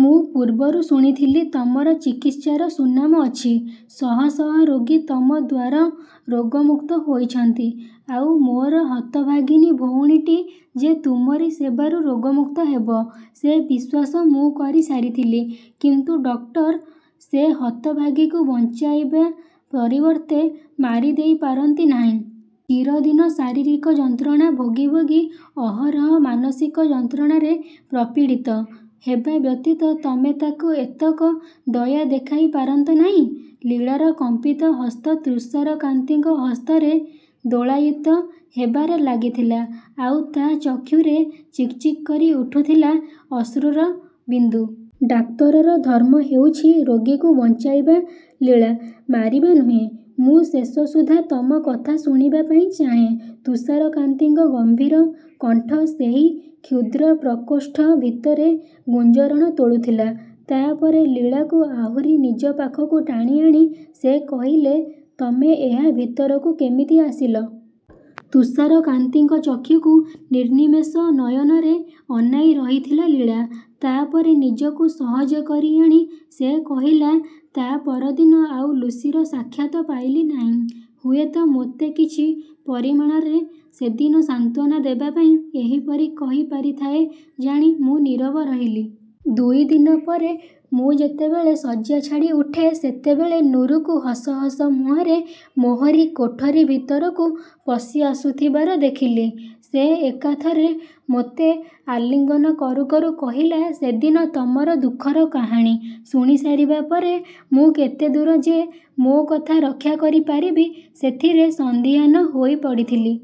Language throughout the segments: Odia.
ମୁଁ ପୂର୍ବରୁ ଶୁଣିଥିଲି ତମର ଚିକିତ୍ସାର ସୁନାମ ଅଛି। ଶହ ଶହ ରୋଗୀ ତମ ଦ୍ୱାରା ରୋଗମୁକ୍ତ ହୋଇଛନ୍ତି। ଆଉ ମୋର ହତଭାଗିନୀ ଭଉଣୀଟି ଯେ ତୁମରି ସେବାରୁ ରୋଗମୁକ୍ତ ହେବ, ସେ ବିଶ୍ୱାସ ମୁଁ କରି ସାରିଥିଲି। କିନ୍ତୁ ଡକ୍ଟର, ସେ ହତଭାଗୀକୁ ବଞ୍ଚାଇବା ପରିବର୍ତ୍ତେ ମାରି ଦେଇ ପାରନ୍ତି ନାହିଁ? ଚିରଦିନ ଶାରୀରିକ ଯନ୍ତ୍ରଣା ଭୋଗି ଭୋଗି ଅହରହ ମାନସିକ ଯନ୍ତ୍ରଣାରେ ପ୍ରପୀଡ଼ିତ। ହେବା ବ୍ୟତୀତ ତମେ ତାକୁ ଏତକ ଦୟା ଦେଖାଇ ପାରନ୍ତ ନାହିଁ? ଲୀଳାର କମ୍ପିତ ହସ୍ତ ତୁଷାରକାନ୍ତିଙ୍କ ହସ୍ତରେ ଦୋଳାୟିତ ହେବାରେ ଲାଗିଥିଲା। ଆଉ ତା ଚକ୍ଷୁରେ ଚିକ୍ ଚିକ୍ କରି ଉଠୁଥିଲା ଅଶ୍ରୁର ବିନ୍ଦୁ। ଡାକ୍ତରର ଧର୍ମ ହେଉଛି ରୋଗୀକୁ ବଞ୍ଚାଇବା ଲୀଳା, ମାରିବା ନୁହେଁ। ମୁଁ ଶେଷସୁଦ୍ଧା ତମ କଥା ଶୁଣିବା ପାଇଁ ଚାହେଁ ତୁଷାରକାନ୍ତିଙ୍କ ଗମ୍ଭୀର କଣ୍ଠ ସେହି କ୍ଷୁଦ୍ର ପ୍ରକୋଷ୍ଠ ଭିତରେ ଗୁଞ୍ଜରଣ ତୋଳୁଥିଲା। ତା ପରେ ଲୀଳାକୁ ଆହୁରି ନିଜ ପାଖକୁ ଟାଣି ଆଣି ସେ କହିଲେ-ତମେ ଏହା ଭିତରକୁ କେମିତି ଆସିଲ? ତୁଷାରକାନ୍ତିଙ୍କ ଚକ୍ଷୁକୁ ନିର୍ନିମେଷ ନୟନରେ ଅନାଇ ରହିଥିଲା ଲୀଳା। ତା ପରେ ନିଜକୁ ସହଜ କରି ଆଣି ସେ କହିଲା-ତା ପରଦିନ ଆଉ ଲୁସିର ସାକ୍ଷାତ ପାଇଲି ନାହିଁ। ହୁଏ ତ ମୋତେ କିଛି ପରିମାଣରେ ସେଦିନ ସାନ୍ତ୍ୱନା ଦେବା ପାଇଁ ଏହିପରି କହି ପାରିଥାଏ ଜାଣି ମୁଁ ନୀରବ ରହିଲି। ଦୁଇ ଦିନ ପରେ ମୁଁ ଯେତେବେଳେ ଶଯ୍ୟା ଛାଡ଼ି ଉଠେ, ସେତେବେଳେ ନୁରୁକୁ ହସ ହସ ମୁହଁରେ ମୋହରି କୋଠରି ଭିତରକୁ ପଶି ଆସୁଥିବାର ଦେଖିଲି। ସେ ଏକାଥରେ ମୋତେ ଆଲିଙ୍ଗନ କରୁ କରୁ କହିଲା-ସେଦିନ ତମର ଦୁଃଖର କାହାଣୀ ଶୁଣିସାରିବା ପରେ ମୁଁ କେତେଦୂର ଯେ ମୋ କଥା ରକ୍ଷା କରିପାରିବି, ସେଥିରେ ସନ୍ଦିହାନ ହୋଇ ପଡ଼ିଥିଲି।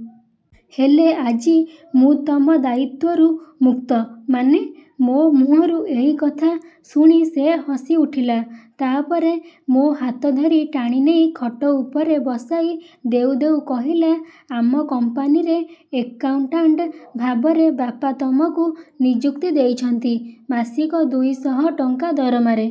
ହେଲେ, ଆଜି ମୁଁ ତମ ଦାୟିତ୍ୱରୁ ମୁକ୍ତ। ମାନେ? ମୋ ମୁହଁରୁ ଏହି କଥା ଶୁଣି ସେ ହସିଉଠିଲା। ତା ପରେ ମୋ ହାତ ଧରି ଟାଣି ନେଇ ଖଟ ଉପରେ ବସାଇ ଦେଉ ଦେଉ କହିଲା-ଆମ କମ୍ପାନୀରେ ଏକାଉଣ୍ଟାଣ୍ଟ ଭାବରେ ବାପା ତମକୁ ନିଯୁକ୍ତି ଦେଇଛନ୍ତି, ମାସିକ ଦୁଇ ଶହ ଟଙ୍କା ଦରମାରେ।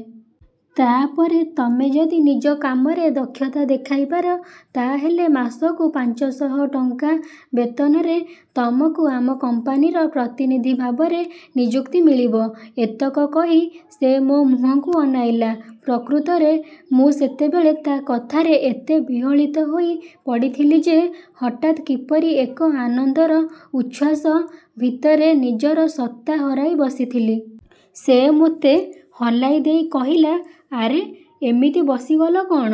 ତା ପରେ ତମେ ଯଦି ନିଜ କାମରେ ଦକ୍ଷତା ଦେଖାଇପାର, ତା ହେଲେ ମାସକୁ ପାଞ୍ଚ ଶହ ଟଙ୍କା ବେତନରେ ତମକୁ ଆମ କମ୍ପାନୀର ପ୍ରତିନିଧି ଭାବରେ ନିଯୁକ୍ତି ମିଳିବ। ଏତକ କହି ସେ ମୋ ମୁହଁକୁ ଅନାଇଲା। ପ୍ରକୃତରେ ମୁଁ ସେତେବେଳେ ତା କଥାରେ ଏତେ ବିହଳିତ ହୋଇ ପଡ଼ିଥିଲି ଯେ, ହଠାତ୍ କିପରି ଏକ ଆନନ୍ଦର ଉଚ୍ଛ୍ୱାସ ଭିତରେ ନିଜର ସତ୍ତା ହରାଇ ବସିଥିଲି। ସେ ମୋତେ ହଲାଇ ଦେଇ କହିଲା-ଆରେ, ଏମିତି ବସିଗଲ କଣ,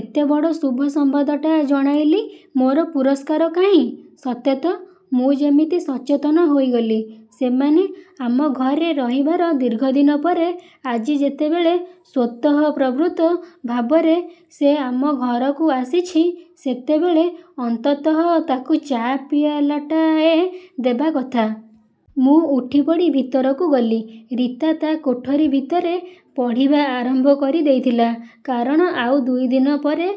ଏତେ ବଡ଼ ଶୁଭ ସମ୍ବାଦଟା ଜଣାଇଲି, ମୋର ପୁରସ୍କାର କାହିଁ? ସତେ ତ, ମୁଁ ଯେମିତି ସଚେତନ ହୋଇଗଲି। ସେମାନେ ଆମ ଘରେ ରହିବାର ଦୀର୍ଘଦିନ ପରେ ଆଜି ଯେତେବେଳେ ସ୍ୱତଃପ୍ରବୃତ୍ତ ଭାବରେ ସେ ଆମ ଘରକୁ ଆସିଛି, ସେତେବେଳେ ଅନ୍ତତଃ ତାକୁ ଚା' ପିଆଲାଟାଏ ଦେବା କଥା। ମୁଁ ଉଠିପଡ଼ି ଭିତରକୁ ଗଲି। ରୀତା ତା କୋଠରି ଭିତରେ ପଢ଼ିବା ଆରମ୍ଭ କରି ଦେଇଥିଲା। କାରଣ ଆଉ ଦୁଇ ଦିନ ପରେ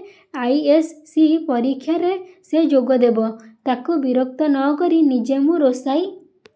ଆଇ. ଏସ୍-ସି. ପରୀକ୍ଷାରେ ସେ ଯୋଗ ଦେବ। ତାକୁ ବିରକ୍ତ ନ କରି ନିଜେ ମୁଁ ରୋଷାଇ